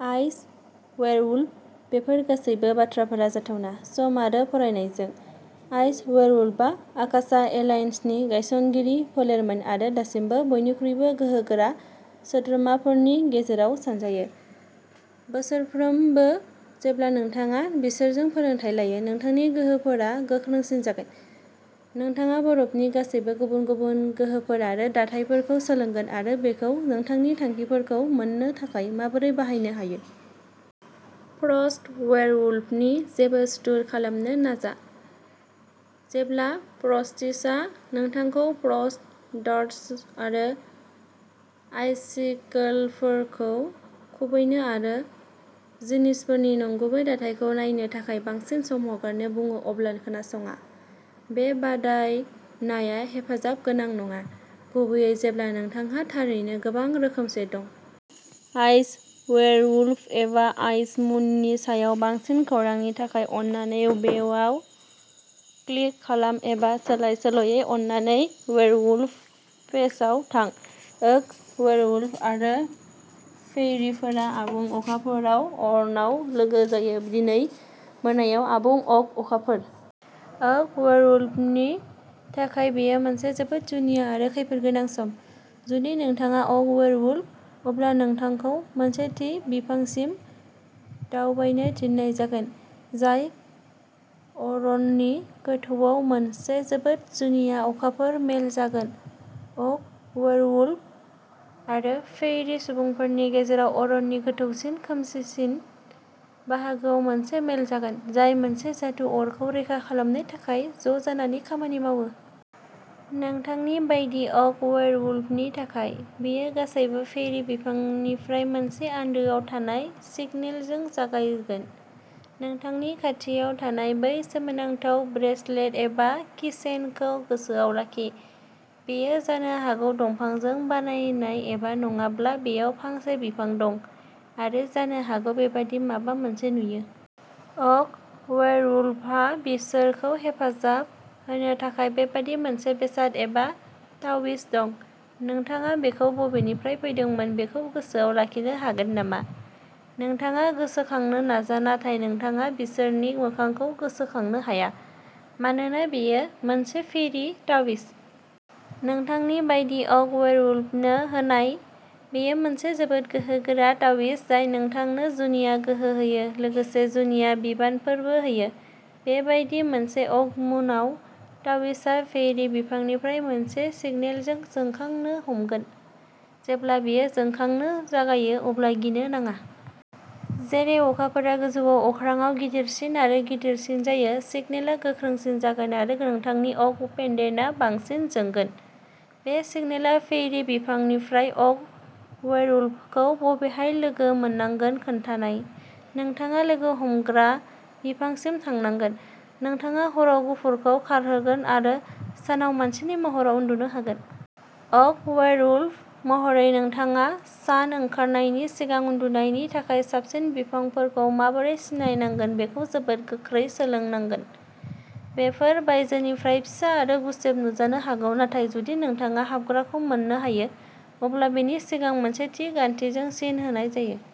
Ice werewolf, बेफोर गासैबो बाथ्राफोरा जाथावना, सम आरो फरायनायजों। आइस वेयरवुल्फआ आकाशा एलायन्सनि गायसनगिरि फोलेरमोन आरो दासिमबो बयनिख्रुइबो गोहोगोरा सोद्रोमाफोरनि गेजेराव सानजायो। बोसोरफ्रोमबो जेब्ला नोंथाङा बिसोरजों फोरोंथाय लायो, नोंथांनि गोहोफोरा गोख्रोंसिन जागोन। नोंथाङा बरफनि गासैबो गुबुन-गुबुन गोहोफोर आरो दाथायफोरखौ सोलोंगोन आरो बेखौ नोंथांनि थांखिफोरखौ मोन्नो थाखाय माबोरै बाहायनो हायो। फ्रस्ट वेयरवुल्फनि जेबो सुथुर खालामनो नाजा। जेब्ला फ्रस्टिसआ नोंथांखौ फ्रस्ट डार्ट्स आरो आइसिकलफोरखौ खुबैनो आरो जिनिसफोरनि नंगुबै दाथायखौ नायनो थाखाय बांसिन सम हगारनो बुङो अब्ला खोनासङा। बे बादायनाया हेफाजाब गोनां नङा, गुबैयै जेब्ला नोंथांहा थारैनो गोबां रोखोमसे दं। आइस वेयरवुल्फ एबा आइस मुननि सायाव बांसिन खौरांनि थाखाय अन्नानै बेयाव क्लिक खालाम एबा सोलाय-सोल'यै अन्नानै वेयरवुल्फ पेजआव थां। ओक वेयरवुल्फ आरो फेयरीफोरा आबुं अखाफोरआव अरनाव लोगो जायो। दिनै मोनायाव आबुं अक अखाफोर। अक वेयरवुल्फनि थाखाय बेयो मोनसे जोबोद जुनिया आरो खैफोदगोनां सम। जुदि नोंथाङा अक वेयरवुल्फ, अब्ला नोंथांखौ मोनसे थि बिफांसिम दावबायनो थिननाय जागोन, जाय अरननि गोथौआव मोनसे जोबोद जुनिया अखाफोर मेल जागोन। अक वेयरवुल्फ आरो फेयरी सुबुंफोरनि गेजेराव अरननि गोथौसिन, खोमसिसिन बाहागोआव मोनसे मेल जागोन, जाय मोनसे जादु अरखौ रैखा खालामनो थाखाय ज'जानानै खामानि मावो। नोंथांनि बायदि अक वेयरवुल्फनि थाखाय, बेयो गासैबो फेयरी बिफांनिफ्राय मोनसे आन्दोआव थानाय सिगनेलजों जागायगोन। नोंथांनि खाथियाव थानाय बै सोमोनांथाव ब्रेसलेट एबा कीचेनखौ गोसोआव लाखि? बेयो जानो हागौ दंफांजों बानायनाय एबा नङाब्ला बेयाव फांसे बिफां दं आरो जानो हागौ बेबादि माबा मोनसे नुयो? अक वेयरवुल्फहा बिसोरखौ हेफाजाब होनो थाखाय बेबादि मोनसे बेसाद एबा तावीज दं। नोंथाङा बेखौ बबेनिफ्राय फैदोंमोन बेखौ गोसोआव लाखिनो हागोन नामा? नोंथाङा गोसोखांनो नाजा नाथाय नोंथाङा बिसोरनि मोखांखौ गोसोखांनो हाया। मानोना बेयो मोनसे फेयरी तावीज। नोंथांनि बायदि अक वेयरवुल्फनो होनाय, बेयो मोनसे जोबोद गोहोगोरा तावीज जाय नोंथांनो जुनिया गोहो होयो, लोगोसे जुनिया बिबानफोरबो होयो। बे बायदि मोनसे अक मुनआव तावीजआ फेयरी बिफांनिफ्राय मोनसे सिगनेलजों जोंखांनो हमगोन। जेब्ला बेयो जोंखांनो जागायो अब्ला गिनो नाङा। जेरै अखाफोरा गोजौआव अख्रांआव गिदिरसिन आरो गिदिरसिन जायो, सिगनेलआ गोख्रोंसिन जागोन आरो नोंथांनि अक पेन्डेन्टआ बांसिन जोंगोन। बे सिगनेलआ फेयरी बिफांनिफ्राय अक वेयरवुल्फखौ बबेहाय लोगो मोननांगोन खोन्थानाय। नोंथाङा लोगो हमग्रा बिफांसिम थांनांगोन। नोंथाङा हराव गफुरखौ खारहोगोन आरो सानाव मानसिनि महराव उन्दुनो हागोन। अक वेयरवुल्फ महरै, नोंथाङा सान ओंखारनायनि सिगां उन्दुनायनि थाखाय साबसिन बिफांफोरखौ माबोरै सिनायनांगौ बेखौ जोबोद गोख्रै सोलोंनांगोन। बेफोर बायजोनिफ्राय फिसा आरो गुसेब नुजानो हागौ नाथाय जुदि नोंथाङा हाबग्राखौ मोन्नो हायो, अब्ला बेनि सिगां मोनसे थि गान्थिजों सिन होनाय जायो।